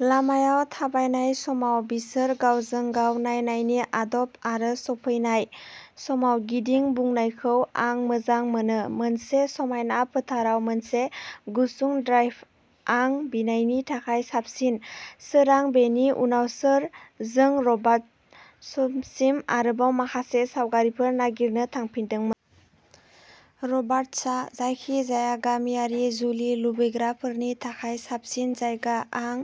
लामायाव थाबायनाय समाव बिसोर गावजों-गाव नायनायनि आदब आरो सफैनाय समाव गिदिं बुनायखौ आं मोजां मोनो। मोनसे समायना फोथाराव मोनसे गुसुं ड्राइभ आं बिनायनि थाखाय साबसिन सोरां बेनि उनाव सोर जों रबार्ट्ससिम आरोबाव माखासे सावगारिफोर नागिरनो थांफिनदोंमोन। रबार्ट्सआ जायखिजाया गामियारि जुलि लुबैग्राफोरनि थाखाय साबसिन जायगा आं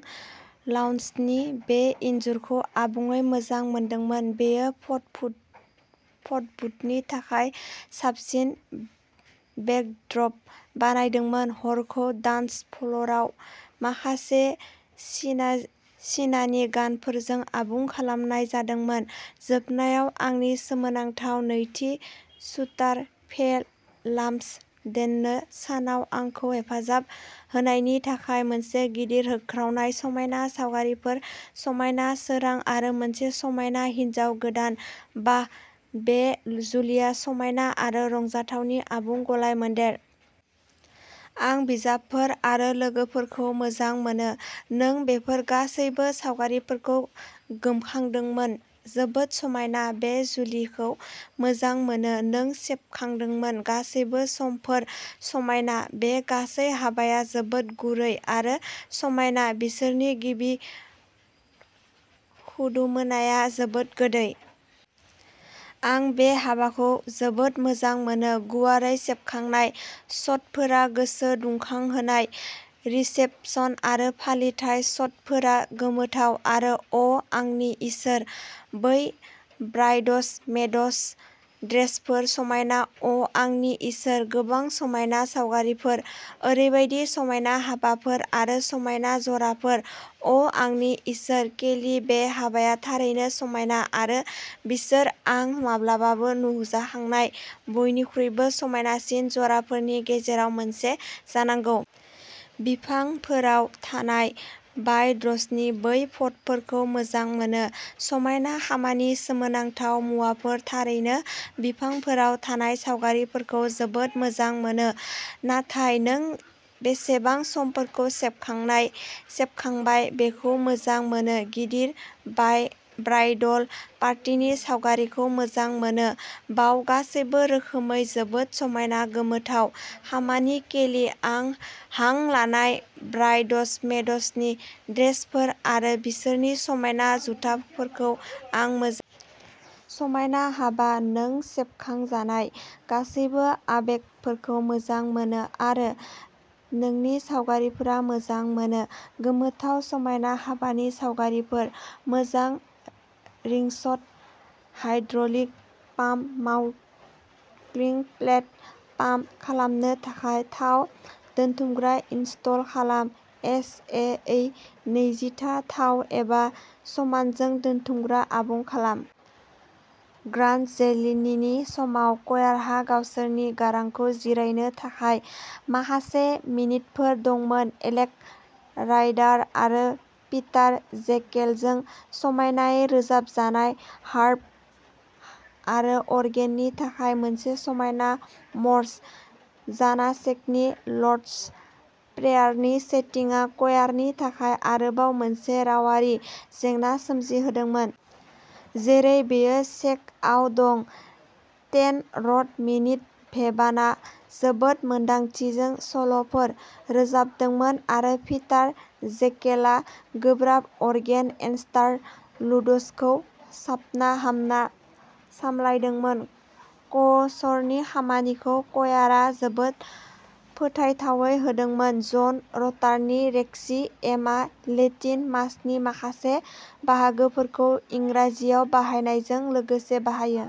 लाउन्जनि बे इनजुरखौ आबुङै मोजां मोनदोंमोन बेयो फटपुथ फटपुथनि थाखाय साबसिन बेकद्रब बानायदोंमोन। हरखौ डान्सफ्ल'राव माखासे सिना सिनानि गानफोरजों आबुं खालामनाय जादोंमोन। जोबनायाव आंनि सोमोनांथाव नैथि शूटार फे लाम्सडेननो सानाव आंखौ हेफाजाब होनायनि थाखाय मोनसे गिदिर होख्रावनाय समायना सावगारिफोर समायना सोरां आरो मोनसे समायना हिन्जाव गोदान बाह बे जुलिया समायना आरो रंजाथावनि आबुं गलायमोन्देर! आं बिबारफोर आरो लोगोफोरखौ मोजां मोनो नों बेफोर गासैबो सावगारिफोरखौ गोमखांहोदोंमोन। जोबोद समायना बे जुलिखौ मोजां मोनो नों सेबखांदोंमोन। गासैबो समफोर समायना बे गासै हाबाया जोबोद गुरै आरो समायना बिसोरनि गिबि खुदुमोनाया जोबोद गोदै। आं बे हाबाखौ जोबोद मोजां मोनो। गुवारै सेबखांनाय शटफोरा गोसो दुंखांहोनाय रिसेपसन आरो फालिथाय शटफोरा गोमोथाव आरो अ आंनि इसोर बै ब्राइड्समेड्स ड्रेसफोर समायना अआंनि इसोर गोबां समायना सावगारिफोर ओरैबायदि समायना हाबाफोर आरो समायना जराफोर अआंनि इसोर केली बे हाबाया थारैनो समायना आरो बिसोर आं माब्लाबाबो नुजाखांनाय बयनिख्रुइबो समायनासिन जराफोरनि गेजेराव मोनसे जानांगौ। बिफांफोराव थानाय ब्राइड्सनि बै फट'फोरखौ मोजां मोनो। समायना खामानि सोमोनांथाव मुवाफोर थारैनो बिफांफोराव थानाय सावगारिफोरखौ जोबोद मोजां मोनो। नाथाय नों बेसेबां समफोरखौ सेबखांनाय सेबखांबाय बेखौ मोजां मोनो। गिदिर बाइ ब्राइडल पार्टिनि सावगारिखौ मोजां मोनो वाव गासैबो रोखोमै जोबोद समायना गोमोथाव खामानि केली आं हां लानाय ब्राइड्समेड्सनि ड्रेसफोर आरो बिसोरनि समायना जुथाफोरखौ आं मोजां। समायना हाबा नों सेबखांजानाय गासैबो आबेगफोरखौ मोजां मोनो आरो नोंनि सावगारिफोरा मोजां मोनो। गोमोथाव समायना हाबानि सावगारिफोर। मोजां रिंशट hydraulic pump mounting plate pump खालामनो थाखाय थाव दोनथुमग्रा इनस्टल खालाम। एस ए इ नैजिथा थाव एबा समानजों दोनथुमग्रा आबुं खालाम। ग्रान्डजेनिनि समाव कयारहा गावसोरनि गारांखौ जिरायनो थाखाय माखासे मिनिटफोर दंमोन, एलेक राइडार आरो पिटार जेकेलजों समायनायै रोजाबजानाय हार्प आरो अर्गेननि थाखाय मोनसे समायना मर्स'। जानासेकनि लर्ड'स प्रेयारनि सेटिंआ कयारनि थाखाय आरोबाव मोनसे रावारि जेंना सोमजिहोदोंमोन। जेरै बेयो चेकआव दं। टेन रड'मिनिक बेभानआ जोबोद मोन्दांथिजों सल'फोर रोजाबदोंमोन आरो पिटार जेकेलआ गोब्राब अर्गेन इनस्टार लुड्सखौ साबना-हामना सामलायदोंमोन। क'रारनि खामानिखौ क'यारआ जोबोद फोथायथावै होदोंमोन। जन रटारनि रेक्विएमआ लेटिन मासनि माखासे बाहागोफोरखौ इंराजियाव बाहायनायजों लोगोसे बाहायो।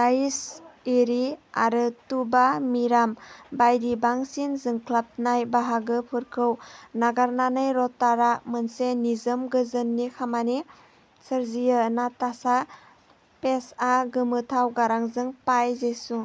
डाइस इरे आरो तुबा मिराम बायदि बांसिन जोंख्लाबनाय बाहागोफोरखौ नागारनानै रटारआ मोनसे निजोम गोजोननि खामानि सोरजियो। नाताशा पेजआ गोमोथाव गारांजों पाइ जेसु